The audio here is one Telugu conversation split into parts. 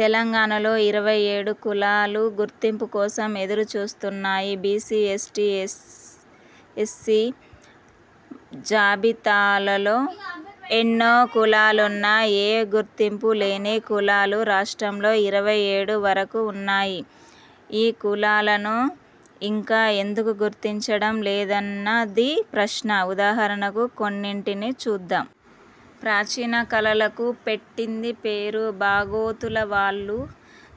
తెలంగాణలో ఇరవై ఏడు కులాలు గుర్తింపు కోసం ఎదురు చూస్తున్నాయి. బీసీ, ఎస్టీ, ఎస్సీ జాబితాలలో ఎన్నో కులాలున్నా, ఏ గుర్తింపు లేని కులాలు రాష్ట్రంలో ఇరవై ఏడు వరకు ఉన్నాయి. ఈ కులాలను ఇంకా ఎందుకు గుర్తించడం లేదన్నది ప్రశ్న. ఉదాహరణకు కొన్నింటిని చూద్దాం. ప్రాచీన కళలకు పెట్టింది పేరు బాగోతుల వాళ్లు,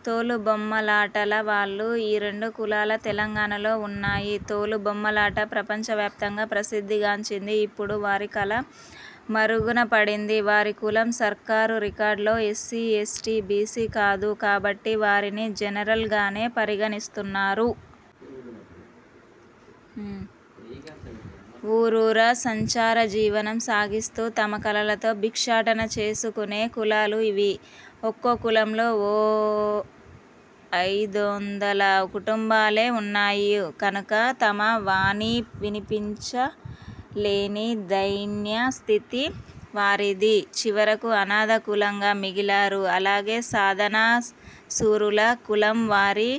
తోలుబొమ్మలాటల వాళ్లు. ఈ రెండు కులాల తెలంగాణలో ఉన్నాయి. తోలు బొమ్మలాట ప్రపంచ వ్యాప్తంగా ప్రసిద్ధి గాంచింది. ఇప్పుడు వారి కళ మరుగున పడింది. వారి కులం సర్కారు రికార్డులో ఎస్సీ, ఎస్టీ, బీసీ కాదు కాబట్టి వారిని జనరల్ గానే పరిగణిస్తున్నారు. ఊరూరా సంచార జీవనం సాగిస్తూ తమ కళలతో భిక్షాటన చేసుకునే కులాలు ఇవి. ఒక్కో కులంలో ఓ ఐదొందల కుటుంబాలే ఉన్నాయి కనుక తమ వాణి వినిపించ లేని దైన్య స్థితి వారిది. చివరకు అనాథ కులంగా మిగిలారు. అలాగే, సాదనా సూరుల కులం వారి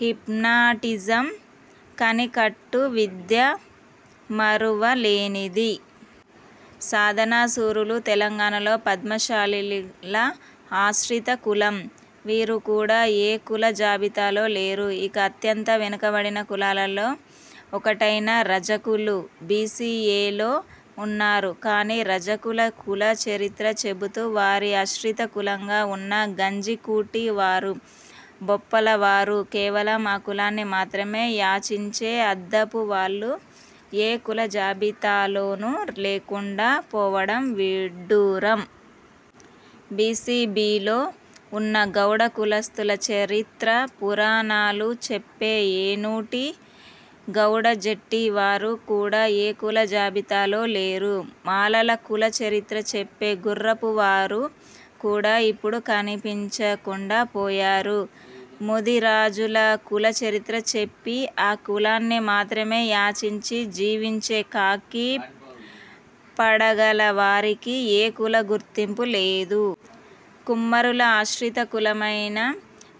హిప్నాటిజం, కనికట్టు విద్య మరువ లేనిది. సాదనా సూరులు తెలంగాణలో పద్మశాలీల ఆశ్రిత కులం. వీరు కూడా ఏ కుల జాబితాలో లేరు. ఇక అత్యంత వెనుకబడిన కులాలల్లో ఒకటైన రజకులు బీసీ ఏలో ఉన్నారు కానీ, రజకుల కుల చరిత్ర చెబుతూ వారి ఆశ్రిత కులంగా ఉన్న గంజి కూటి వారు, బొప్పల వారు, కేవలం ఆ కులాన్ని మాత్రమే యాచించే అద్దపు వాళ్లు ఏ కుల జాబితా లోనూ లేకుండా పోవడం విడ్డూరం. బీసీ, బీలో ఉన్న గౌడ కులస్థుల చరిత్ర, పురాణాలు చెప్పే ఏనూటి, గౌడ జెట్టి వారు కూడా ఏ కుల జాబితాలో లేరు. మాలల కుల చరిత్ర చెప్పే గుర్రపు వారు కూడా ఇప్పుడు కనిపించకుండా పోయారు. ముది రాజుల కుల చరిత్ర చెప్పి ఆ కులాన్ని మాత్రమే యాచించి జీవించే కాకి పడగల వారికీ ఏ కుల గుర్తింపు లేదు. కుమ్మరుల ఆశ్రిత కులమైన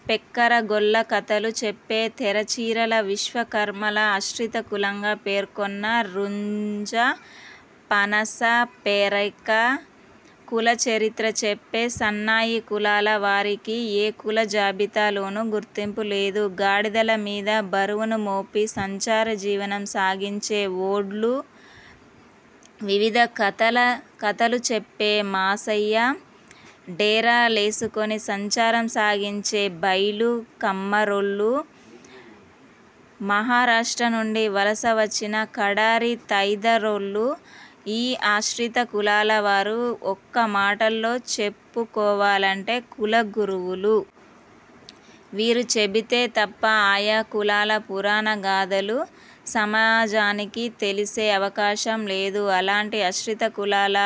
పెక్కర, గొల్ల కథలు చెప్పే తెర చీరల, విశ్వకర్మల ఆశ్రిత కులంగా పేర్కున్న రుంజ, పనస, పేరెక కుల చరిత్ర చెప్పే సన్నాయి కులాల వారికి ఏ కుల జాబితా లోనూ గుర్తింపు లేదు. గాడిదల మీద బరువులు మోపి సంచార జీవనం సాగించే ఓడ్లు, వివిధ కథల కథలు చెప్పే మాసయ్య, డేరా లేసుకుని సంచారం సాగించే బైలు కమ్మరోల్లు, మహారాష్ట్ర నుండి వలస వచ్చిన కడారి తైదరోళ్లు, ఈ ఆశ్రిత కులాల వారు ఒక్క మాటల్లో చెప్పు కోవాలంటే కుల గురువులు. వీరు చెబితే తప్ప ఆయా కులాల పురాణ గాథలు సమాజానికి తెలిసే అవకాశం లేదు. అలాంటి ఆశ్రిత కులాల,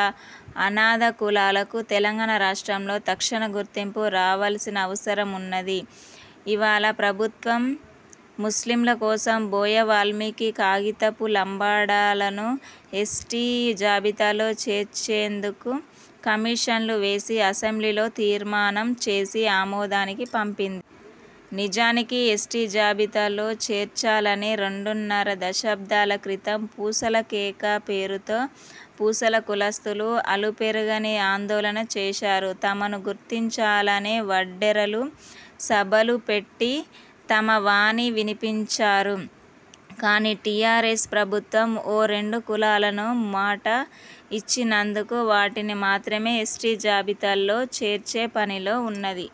అనాథ కులాలకు తెలంగాణ రాష్ట్రంలో తక్షణ గుర్తింపు రావాల్సిన అవసరమున్నది. ఇవాళ ప్రభుత్వం ముస్లింల కోసం, బోయ వాల్మీకి, కాగితపు లంబాడాలను ఎస్టీ జాబితాలో చేర్చేందుకు కమిషన్లు వేసి, అసెంబ్లీలో తీర్మానం చేసి ఆమోదానికి పంపింది. నిజానికి ఎస్టీ జాబితాలో చేర్చాలని రెండున్నర దశాబ్దాల క్రితం పూసల కేక పేరుతో పూసల కులస్థులు అలుపెరగని ఆందోళన చేశారు. తమనూ గుర్తించాలని వడ్డెరలు సభలు పెట్టి తమ వాణి వినిపించారు. కానీ టీఆర్ఎస్ ప్రభుత్వం ఓ రెండు కులాలను మాట ఇచ్చినందుకు వాటిని మాత్రమే ఎస్టీ జాబితాల్లో చేర్చే పనిలో ఉన్నది.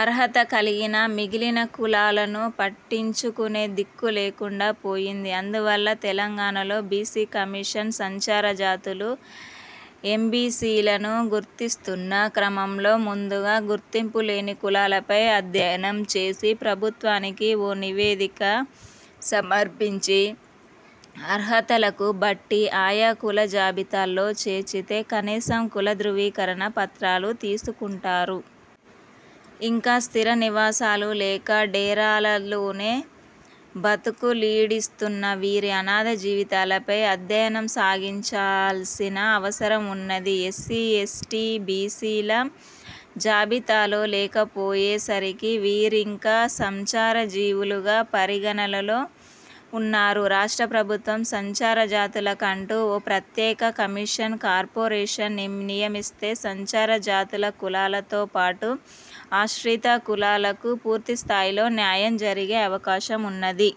అర్హత కలిగిన మిగిలిన కులాలను పట్టించుకునే దిక్కు లేకుండా పోయింది. అందువల్ల, తెలంగాణ లో బీసీ కమిషన్ సంచార జాతులు, ఎంబీసీలను గుర్తిస్తున్న క్రమంలో ముందుగా గుర్తింపు లేని కులాలపై అధ్యయనం చేసి ప్రభుత్వానికి ఓ నివేదిక సమర్పించి, అర్హతలకు బట్టి ఆయా కుల జాబితాల్లో చేర్చితే, కనీసం కుల ధ్రువీకరణ పత్రాలు తీసుకుంటారు. ఇంకా స్థిర నివసాలు లేక, డేరాలలోనే బతుకు లీడిస్తున్న వీరి అనాథ జీవితాలపై అధ్యయనం సాగించాల్సిన అవసరం ఉన్నది. ఎస్సీ, ఎస్టీ, బీసీల జాబితాలో లేకపోయే సరికి వీరింకా సంచార జీవులుగా పరిగణలలో ఉన్నారు. రాష్ట్ర ప్రభుత్వం సంచార జాతుల కంటూ ఓ ప్రత్యేక కమిషన్, కార్పొరేషన్ ని నియమిస్తే సంచార జాతుల కులాలతో పాటు ఆశ్రిత కులాలకు పూర్తి స్థాయిలో న్యాయం జరిగే అవకాశం ఉన్నది.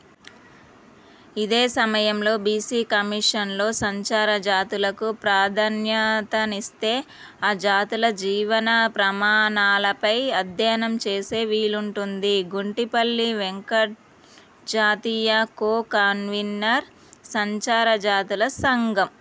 ఇదే సమయంలో బీసీ కమిషన్లో సంచార జాతులకు ప్రాధాన్యతనిస్తే ఆ జాతుల జీవన ప్రమాణాలపై అధ్యయనం చేసే వీలుంటుంది. గుంటిపల్లి వెంకట్ జాతీయ కో కన్వీనర్, సంచార జాతుల సంఘం